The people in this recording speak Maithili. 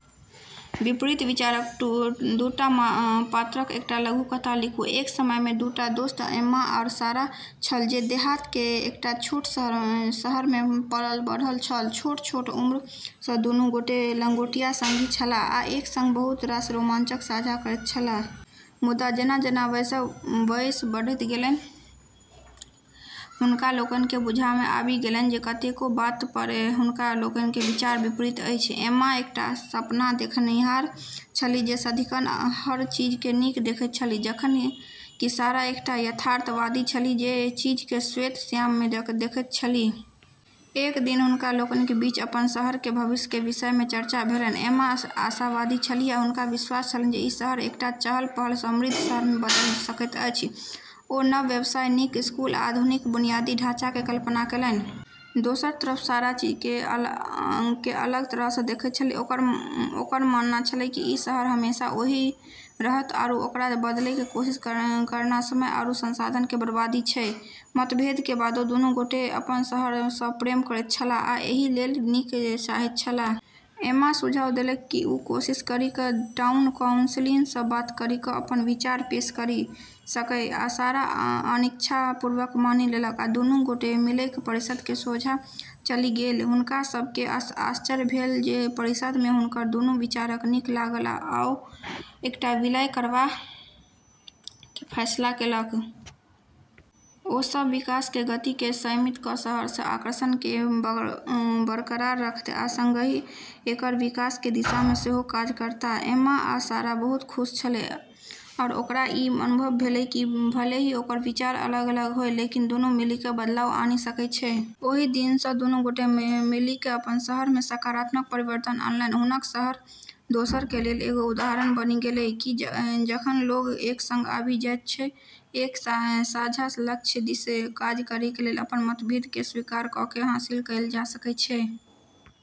विपरीत विचारक दूटा पात्रक एकटा लघुकथा लिखू:- एक समय में दू टा दोस्त एम्मा आ सारा छल जे देहात के एकटा छोट शहर में पलल-बढ़ल छल। छोट-छोट उम्र सँ दुनू गोटे लंगोटिया संगी छलाह आ एक संग बहुत रास रोमांच साझा करैत छलाह। मुदा जेना-जेना वयस बढ़ैत गेलनि, हुनका लोकनि केँ बुझबा में आबि गेलनि जे कतेको बात पर हुनका लोकनिक विचार विपरीत अछि। एम्मा एकटा सपना देखनिहार छलीह जे सदिखन हर चीज में नीक देखैत छलीह, जखन कि सारा एकटा यथार्थवादी छलीह जे चीज केँ श्वेत-श्याम में देखैत छलीह। एक दिन हुनका लोकनिक बीच अपन शहर के भविष्य के विषय में चर्चा भेलनि। एम्मा आशावादी छलीह आ हुनका विश्वास छलनि जे ई शहर एकटा चहल-पहल, समृद्ध शहर में बदलि सकैत अछि। ओ नव व्यवसाय, नीक स्कूल, आ आधुनिक बुनियादी ढांचा के कल्पना केलनि। दोसर तरफ सारा चीज केँ अलग तरह सँ देखै छेलै, ओकर मानना छेलै कि ई शहर हमेशा ओही रहतै, आरू ओकरा बदलै के कोशिश करना समय आरू संसाधन के बर्बादी छै। मतभेद के बादो दुनू गोटे अपन शहर सँ प्रेम करैत छलाह आ एहि लेल नीक चाहैत छलाह। एम्मा सुझाव देलकै कि वू कोशिश करी कऽ टाउन काउंसिल सँ बात करी कऽ अपन विचार पेश करी सकै। सारा अनिच्छापूर्वक मानि लेलक आ दुनू गोटे मिलिकय परिषद् के सोझाँ चलि गेल। हुनका सब केँ आश्चर्य भेल जे परिषद् केँ हुनकर दूनू विचार नीक लागल आ ओ एकरा विलय करबय के फैसला केलक। ओ सब विकास के गति केँ संयमित कऽ शहर के आकर्षण केँ बरकरार रखथि आ संगहि एकर विकास के दिशा में सेहो काज करताह। एम्मा आ सारा बहुत खुश छलै आर ओकरा ई अनुभव भेलै कि भले ही ओकर विचार अलग-अलग होय, लेकिन दुनू मिलि कऽ बदलाव आनि सकै छै। ओहि दिन सँ दुनू गोटे मिलि क' अपन शहर में सकारात्मक परिवर्तन अनलनि। हुनक शहर दोसर के लेल एगो उदाहरण बनी गेलै, कि जखन लोग एक संग आबि जाइत छै, एक साझा लक्ष्य दिस काज करय लेल अपन मतभेद के स्वीकार कऽ की हासिल कएल जा सकै छै।